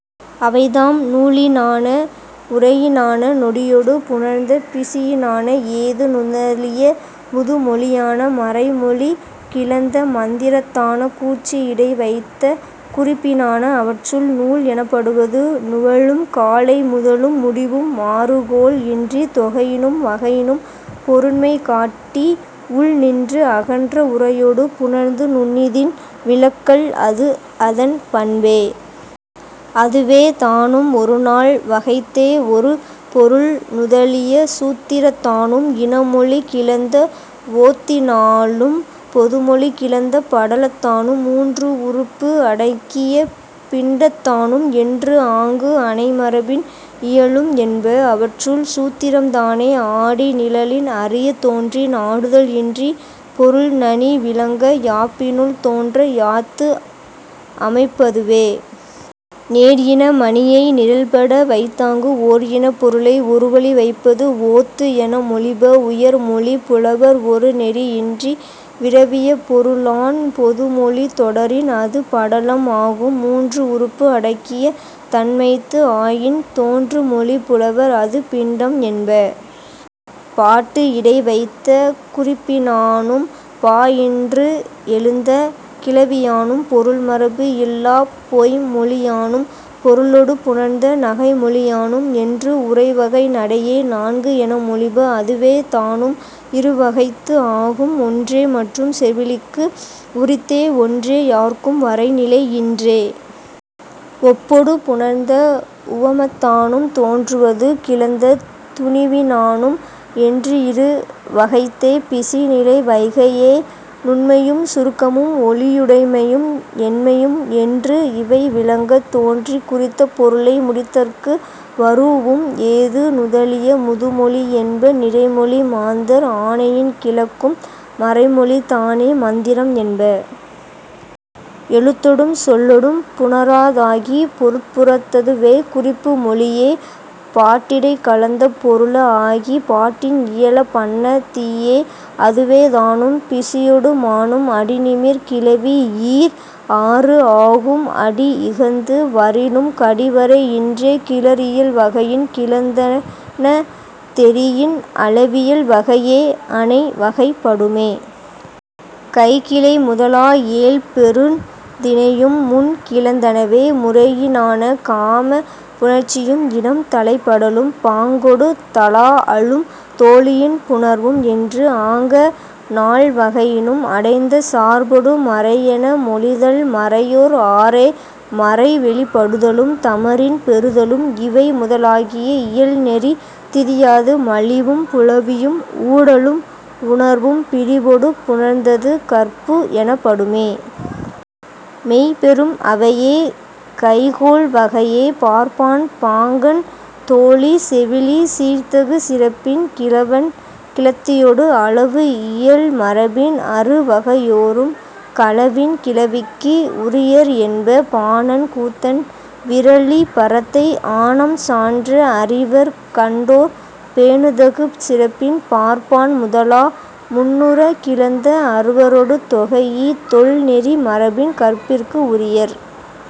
அவைதாம், நூலினான உரையினான நொடியொடு புணர்ந்த பிசியினான ஏது நுதலிய முதுமொழியான மறை மொழி கிளந்த மந்திரத்தான கூற்று இடை வைத்த குறிப்பினான. அவற்றுள், நூல் எனப்படுவது நுவலும் காலை முதலும் முடிவும் மாறுகோள் இன்றி தொகையினும் வகையினும் பொருண்மை காட்டி உள் நின்று அகன்ற உரையொடு புணர்ந்து நுண்ணிதின் விளக்கல் அது அதன் பண்பே. அதுவேதானும் ஒரு நால் வகைத்தே. ஒரு பொருள் நுதலிய சூத்திரத்தானும் இன மொழி கிளந்த ஓத்தினாலும் பொது மொழி கிளந்த படலத்தானும் மூன்று உறுப்பு அடக்கிய பிண்டத்தானும் என்று ஆங்கு அனை மரபின் இயலும் என்ப. அவற்றுள், சூத்திரம்தானே ஆடி நிழலின் அறியத் தோன்றி நாடுதல் இன்றிப் பொருள் நனி விளங்க யாப்பினுள் தோன்ற யாத்து அமைப்பதுவே. நேர் இன மணியை நிரல்பட வைத்தாங்கு ஓர் இனப் பொருளை ஒரு வழி வைப்பது ஓத்து என மொழிப உயர் மொழிப் புலவர். ஒரு நெறி இன்றி விரவிய பொருளான் பொது மொழி தொடரின் அது படலம் ஆகும். மூன்று உறுப்பு அடக்கிய தன்மைத்து ஆயின் தோன்று மொழிப் புலவர் அது பிண்டம் என்ப. பாட்டு இடை வைத்த குறிப்பினானும் பா இன்று எழுந்த கிளவியானும் பொருள் மரபு இல்லாப் பொய்ம்மொழியானும் பொருளொடு புணர்ந்த நகைமொழியானும் என்று உரை வகை நடையே நான்கு என மொழிப. அதுவேதானும் இரு வகைத்து ஆகும். ஒன்றே மற்றும் செவிலிக்கு உரித்தே ஒன்றே யார்க்கும் வரை நிலை இன்றே. ஒப்பொடு புணர்ந்த உவமத்தானும் தோன்றுவது கிளந்த துணிவினானும் என்று இரு வகைத்தே பிசி நிலை வகையே. நுண்மையும் சுருக்கமும் ஒளியுடைமையும் எண்மையும் என்று இவை விளங்கத் தோன்றி குறித்த பொருளை முடித்தற்கு வரூஉம் ஏது நுதலிய முதுமொழி என்ப. நிறைமொழி மாந்தர் ஆணையின் கிளக்கும் மறைமொழிதானே மந்திரம் என்ப. எழுத்தொடும் சொல்லொடும் புணராதாகி பொருட்புறத்ததுவே குறிப்பு மொழியே. பாட்டிடைக் கலந்த பொருள ஆகி பாட்டின் இயல பண்ணத்திய்யே. அதுவேதானும் பிசியொடு மானும். அடி நிமிர் கிளவி ஈர் ஆறு ஆகும் அடி இகந்து வரினும் கடி வரை இன்றே. கிளர் இயல் வகையின் கிளந்தன தெரியின் அளவியல் வகையே அனை வகைப்படுமே. கைக்கிளை முதலா ஏழ் பெருந் திணையும் முன் கிளந்தனவே முறையினான. காமப் புணர்ச்சியும் இடம் தலைப்படலும் பாங்கொடு தழாஅலும் தோழியின் புணர்வும் என்று ஆங்க நால் வகையினும் அடைந்த சார்பொடு மறை என மொழிதல் மறையோர் ஆறே. மறை வெளிப்படுதலும் தமரின் பெறுதலும் இவை முதலாகிய இயல் நெறி திரியாது மலிவும் புலவியும் ஊடலும் உணர்வும் பிரிவொடு புணர்ந்தது கற்பு எனப்படுமே. மெய் பெறும் அவையே கைகோள் வகையே. பார்ப்பான் பாங்கன் தோழி செவிலி சீர்த்தகு சிறப்பின் கிழவன் கிழத்தியொடு அளவு இயல் மரபின் அறு வகையோரும் களவின் கிளவிக்கு உரியர் என்ப. பாணன் கூத்தன் விறலி பரத்தை ஆணம் சான்ற அறிவர் கண்டோ ர் பேணுதகு சிறப்பின் பார்ப்பான் முதலா முன்னுறக் கிளந்த அறுவரொடு தொகைஇ தொல் நெறி மரபின் கற்பிற்கு உரியர்.